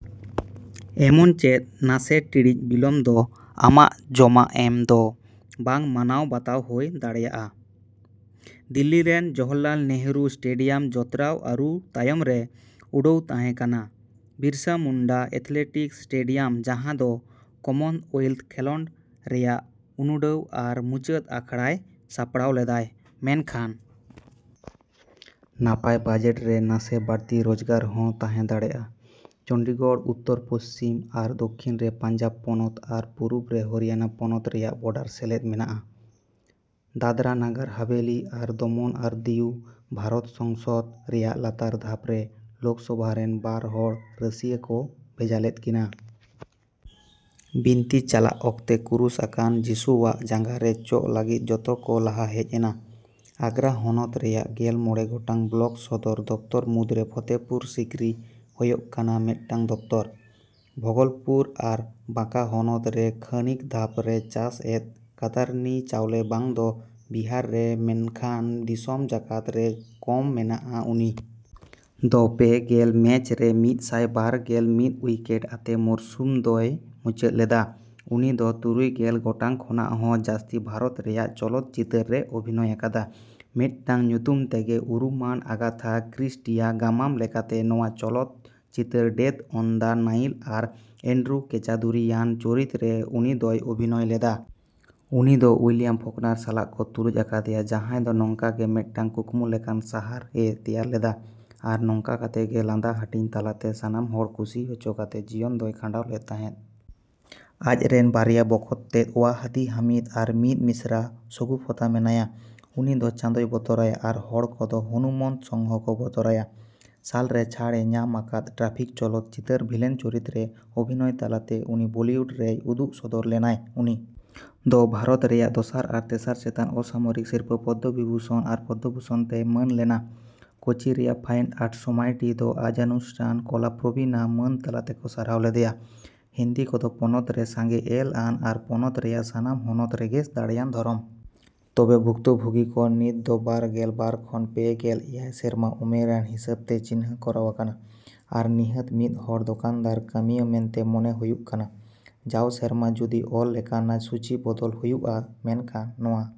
ᱮᱢᱚᱱᱪᱮᱫ ᱱᱟᱥᱮ ᱴᱤᱲᱤᱡ ᱵᱤᱞᱚᱢ ᱫᱚ ᱟᱢᱟᱜ ᱡᱚᱢᱟ ᱮᱢ ᱫᱚ ᱵᱟᱝ ᱢᱟᱱᱟᱣ ᱵᱟᱛᱟᱣ ᱦᱳᱭ ᱫᱟᱲᱮᱭᱟᱜᱼᱟ᱾ ᱫᱤᱞᱞᱤ ᱨᱮᱱ ᱡᱚᱦᱚᱨᱞᱟᱞ ᱱᱮᱦᱩᱨᱩ ᱥᱴᱮᱰᱤᱭᱟᱢ ᱡᱚᱛᱨᱟᱣ ᱟᱹᱨᱩ ᱛᱟᱭᱚᱢ ᱨᱮ ᱩᱰᱷᱟᱹᱣ ᱛᱟᱦᱮᱸ ᱠᱟᱱᱟ ᱵᱤᱨᱥᱟᱹ ᱢᱩᱱᱰᱟ ᱮᱛᱷᱮᱞᱮᱴᱤᱠᱥ ᱥᱴᱮᱰᱤᱭᱟᱢ ᱡᱟᱸᱦᱟ ᱫᱚ ᱠᱚᱢᱚᱱᱳᱭᱮᱞᱛᱷ ᱠᱷᱮᱸᱞᱰ ᱨᱮᱭᱟᱜ ᱩᱱᱩᱰᱷᱟᱹᱣ ᱟᱨ ᱢᱩᱪᱟᱹᱫ ᱟᱠᱷᱟᱲᱟᱭ ᱥᱟᱯᱲᱟᱣ ᱞᱮᱫᱟᱭ᱾ᱢᱮᱱᱠᱷᱟᱱ ᱱᱟᱯᱟᱭ ᱵᱟᱡᱮᱴ ᱨᱮ ᱱᱟᱥᱮ ᱵᱟᱲᱛᱤ ᱨᱚᱡᱽᱜᱟᱨ ᱦᱚᱸ ᱛᱟᱸᱦᱮ ᱫᱟᱲᱮᱜᱼᱟ᱾ ᱪᱚᱱᱰᱤᱜᱚᱲ ᱩᱛᱛᱚᱨ, ᱯᱚᱥᱪᱷᱤᱢ ᱟᱨ ᱫᱚᱠᱠᱷᱤᱱ ᱨᱮ ᱯᱟᱧᱡᱟᱵᱽ ᱯᱚᱱᱚᱛ ᱟᱨ ᱯᱩᱨᱩᱵ ᱨᱮ ᱦᱚᱨᱤᱭᱟᱱᱟ ᱯᱚᱱᱚᱛ ᱨᱮᱭᱟᱜ ᱵᱚᱰᱟᱨ ᱥᱮᱞᱮᱫ ᱢᱮᱱᱟᱜᱼᱟ᱾ ᱫᱟᱫᱨᱟ, ᱱᱟᱜᱟᱨ ᱦᱟᱵᱷᱮᱞᱤ ᱟᱨ ᱫᱚᱢᱚᱱ ᱟᱨ ᱫᱤᱭᱩ ᱵᱷᱟᱨᱚᱛ ᱥᱚᱝᱥᱚᱫ ᱨᱮᱭᱟᱜ ᱞᱟᱛᱟᱨ ᱫᱷᱟᱯ ᱨᱮ ᱞᱳᱠᱥᱚᱵᱷᱟ ᱨᱮᱱ ᱵᱟᱨ ᱦᱚᱲ ᱨᱟᱹᱥᱤᱭᱟᱹ ᱠᱚ ᱵᱷᱮᱡᱟ ᱞᱮᱫ ᱠᱤᱱᱟ᱾ ᱵᱤᱱᱛᱤ ᱪᱟᱞᱟᱜ ᱚᱠᱛᱮ, ᱠᱩᱨᱩᱥ ᱟᱠᱟᱱ ᱡᱤᱥᱩᱣᱟᱜ ᱡᱟᱸᱜᱟ ᱨᱮ ᱪᱚᱜᱽ ᱞᱟᱹᱜᱤᱫ ᱡᱚᱛᱚ ᱠᱚ ᱞᱟᱦᱟ ᱦᱮᱡ ᱮᱱᱟ᱾ᱟᱜᱽᱜᱨᱟ ᱦᱚᱱᱚᱛ ᱨᱮᱭᱟᱜ ᱜᱮᱞ ᱢᱚᱲᱮ ᱜᱚᱴᱟᱝ ᱵᱞᱚᱠ ᱥᱚᱫᱚᱨ ᱫᱚᱯᱛᱚᱨ ᱢᱩᱫᱽᱨᱮ ᱯᱷᱚᱛᱮᱯᱩᱨ ᱥᱤᱠᱨᱤ ᱦᱳᱭᱳᱜ ᱠᱟᱱᱟ ᱢᱤᱫᱴᱟᱝ ᱫᱚᱯᱛᱚᱨ᱾ ᱵᱷᱚᱜᱚᱞᱯᱩᱨ ᱟᱨ ᱵᱟᱸᱠᱟ ᱦᱚᱱᱚᱛ ᱨᱮ ᱠᱷᱟᱹᱱᱤᱠ ᱫᱷᱟᱯ ᱨᱮ ᱪᱟᱥ ᱮᱫ ᱠᱟᱛᱟᱨᱱᱤ ᱪᱟᱣᱞᱮ ᱵᱟᱝ ᱫᱚ ᱵᱤᱦᱟᱨ ᱨᱮ ᱢᱮᱱᱠᱷᱟᱱ ᱫᱤᱥᱚᱢ ᱡᱟᱠᱟᱛ ᱨᱮ ᱠᱚᱡ ᱢᱮᱱᱟᱜ ᱟ᱾ᱩᱱᱤ ᱫᱚ ᱯᱮ ᱜᱮᱞ ᱢᱮᱪ ᱨᱮ ᱢᱤᱫᱥᱟᱭ ᱵᱟᱨ ᱜᱮᱞ ᱢᱤᱫ ᱩᱭᱠᱮᱴ ᱟᱛᱮ ᱢᱚᱨᱥᱩᱢ ᱫᱚᱭ ᱢᱩᱪᱟᱹᱫ ᱞᱮᱫᱟ᱾ᱩᱱᱤᱫᱚ ᱛᱩᱨᱩᱭ ᱜᱮᱞ ᱜᱚᱴᱟᱝ ᱠᱷᱚᱱᱟᱜ ᱦᱚᱸ ᱡᱟᱥᱛᱤ ᱵᱷᱟᱨᱚᱛ ᱨᱮᱭᱟᱜ ᱪᱚᱞᱚᱛ ᱪᱤᱛᱟᱹᱨ ᱨᱮ ᱚᱵᱷᱤᱱᱚᱭ ᱟᱠᱟᱫᱟᱭ᱾ ᱢᱤᱫᱴᱟᱝ ᱧᱩᱛᱩᱢ ᱛᱮᱜᱮ ᱩᱨᱩᱢᱟᱱ ᱟᱜᱟᱛᱷᱟ ᱠᱨᱤᱥᱴᱤᱭᱟᱜ ᱜᱟᱢᱟᱢ ᱞᱮᱠᱟᱛᱮ ᱱᱚᱶᱟ ᱪᱚᱞᱚᱛ ᱪᱤᱛᱟᱹᱨ ᱰᱮᱛᱷ ᱚᱱ ᱫᱟ ᱱᱟᱭᱤᱞ ᱟᱨ ᱟᱱᱰᱨᱩ ᱠᱮᱪᱟᱫᱩᱨᱤᱭᱟᱱ ᱪᱩᱨᱤᱛ ᱨᱮ ᱩᱱᱤᱫᱚᱭ ᱚᱵᱷᱤᱱᱚᱭ ᱞᱮᱫᱟ᱾ ᱩᱱᱤᱫᱚ ᱩᱭᱞᱤᱭᱟᱢ ᱯᱷᱚᱠᱱᱟᱨ ᱥᱟᱞᱟᱜ ᱠᱚ ᱛᱩᱞᱩᱡ ᱟᱠᱟᱫᱮᱭᱟ ᱡᱟᱸᱦᱟᱭ ᱫᱚ ᱱᱚᱝᱠᱟᱜᱮ ᱢᱤᱫᱴᱟᱝ ᱠᱩᱠᱢᱩ ᱞᱮᱠᱟᱱ ᱥᱟᱦᱟᱨ ᱮ ᱛᱮᱭᱟᱨ ᱞᱮᱫᱟ ᱟᱨ ᱱᱚᱝᱠᱟ ᱠᱟᱛᱮᱜᱮ ᱞᱟᱸᱫᱟ ᱦᱟᱴᱤᱧ ᱛᱟᱞᱟᱛᱮ, ᱥᱟᱱᱟᱢ ᱦᱚᱲ ᱠᱩᱥᱤ ᱦᱚᱪᱚ ᱠᱟᱛᱮ ᱡᱤᱭᱚᱱ ᱫᱚᱭ ᱠᱷᱟᱸᱰᱟᱣ ᱞᱮᱫ ᱛᱟᱸᱦᱮᱫ᱾ ᱟᱡᱨᱮᱱ ᱵᱟᱨᱭᱟ ᱵᱚᱠᱚᱛᱛᱮᱫ, ᱳᱣᱟᱦᱟᱫᱤ ᱦᱟᱢᱤᱫ, ᱟᱨ ᱢᱤᱫ ᱢᱤᱥᱨᱟ ᱥᱚᱜᱩᱯᱷᱚᱛᱟ ᱢᱮᱱᱟᱭᱟ᱾ ᱩᱱᱤ ᱫᱚ ᱪᱟᱸᱫᱳᱭ ᱵᱚᱛᱚᱨᱟᱭᱟ, ᱟᱨ ᱦᱚᱲ ᱠᱚᱫᱚ ᱦᱚᱱᱩᱢᱚᱱᱛᱚ ᱥᱚᱝᱦᱚ ᱠᱚ ᱵᱚᱛᱚᱨᱟᱭᱟ᱾ ᱥᱟᱞ ᱨᱮ ᱪᱷᱟᱲ ᱮ ᱧᱟᱢ ᱟᱠᱟᱫ ᱽᱴᱨᱟᱯᱷᱤᱠᱽ ᱪᱚᱞᱚᱛ ᱪᱤᱛᱟᱹᱨ ᱵᱷᱤᱞᱮᱱ ᱪᱩᱨᱤᱛ ᱨᱮ ᱚᱵᱷᱤᱱᱚᱭ ᱛᱟᱞᱟᱛᱮ ᱩᱱᱤ ᱵᱚᱞᱤᱭᱩᱰ ᱨᱮᱭ ᱩᱫᱩᱜ ᱥᱚᱫᱚᱨ ᱞᱮᱱᱟᱭ᱾ᱩᱱᱤ ᱫᱚ ᱵᱷᱟᱨᱚᱛ ᱨᱮᱭᱟᱜ ᱫᱚᱥᱟᱨ ᱟᱨ ᱛᱮᱥᱟᱨ ᱪᱮᱛᱟᱱ ᱚᱥᱟᱢᱚᱨᱤᱠ ᱥᱤᱨᱯᱟᱹ ᱯᱚᱫᱫᱚᱵᱤᱵᱷᱩᱥᱚᱱ ᱟᱨ ᱯᱚᱫᱫᱚ ᱵᱷᱩᱥᱚᱱ ᱛᱮᱭ ᱢᱟᱹᱱ ᱞᱮᱱᱟ᱾ ᱠᱳᱪᱤ ᱨᱮᱭᱟᱜ ᱯᱷᱟᱭᱤᱱ ᱟᱨᱴᱥ ᱥᱳᱥᱟᱭᱴᱤ ᱫᱚ ᱟᱡ ᱽᱚᱱᱩᱥᱴᱟᱱ ᱠᱚᱞᱟᱯᱨᱚᱵᱤᱱᱟ ᱢᱟᱹᱱ ᱛᱟᱞᱟ ᱛᱮᱠᱚ ᱥᱟᱨᱦᱟᱣ ᱞᱮᱫᱮᱭᱟ᱾ ᱦᱤᱱᱫᱩ ᱠᱚᱫᱚ ᱯᱚᱱᱚᱛ ᱨᱮ ᱥᱟᱸᱜᱮ ᱮᱞ ᱟᱱ ᱟᱨ ᱯᱚᱱᱚᱛ ᱨᱮᱭᱟᱜ ᱥᱟᱱᱟᱢ ᱦᱚᱱᱚᱛ ᱨᱮᱜᱮ ᱫᱟᱲᱮᱭᱟᱱ ᱫᱷᱚᱨᱚᱢ᱾ ᱛᱚᱵᱮ, ᱵᱷᱩᱠᱛᱚᱵᱷᱳᱜᱤ ᱠᱚ ᱱᱤᱛ ᱫᱚ ᱵᱟᱨ ᱜᱮᱞ ᱵᱟᱨ ᱠᱷᱚᱱ ᱯᱮ ᱜᱮᱞ ᱮᱭᱟᱭ ᱥᱮᱨᱢᱟ ᱩᱢᱮᱨᱟᱱ ᱦᱤᱥᱟᱹᱵᱛᱮ ᱪᱤᱱᱦᱟᱹ ᱠᱚᱨᱟᱶ ᱟᱠᱟᱱᱟ ᱟᱨ ᱱᱤᱦᱟᱹᱛ ᱢᱤᱫᱦᱚᱲ ᱫᱚᱠᱟᱱᱫᱟᱨ ᱠᱟᱹᱢᱤᱭᱟᱹ ᱢᱮᱱᱛᱮ ᱢᱚᱱᱮ ᱦᱩᱭᱩᱜ ᱠᱟᱱᱟ᱾ ᱡᱟᱣ ᱥᱮᱨᱢᱟ ᱡᱚᱫᱤ ᱚᱞ ᱞᱮᱠᱟᱱᱟ ᱥᱩᱪᱤ ᱵᱚᱫᱚᱞ ᱦᱳᱭᱳᱜᱼᱟ, ᱢᱮᱱᱠᱷᱟᱱ ᱱᱚᱶᱟ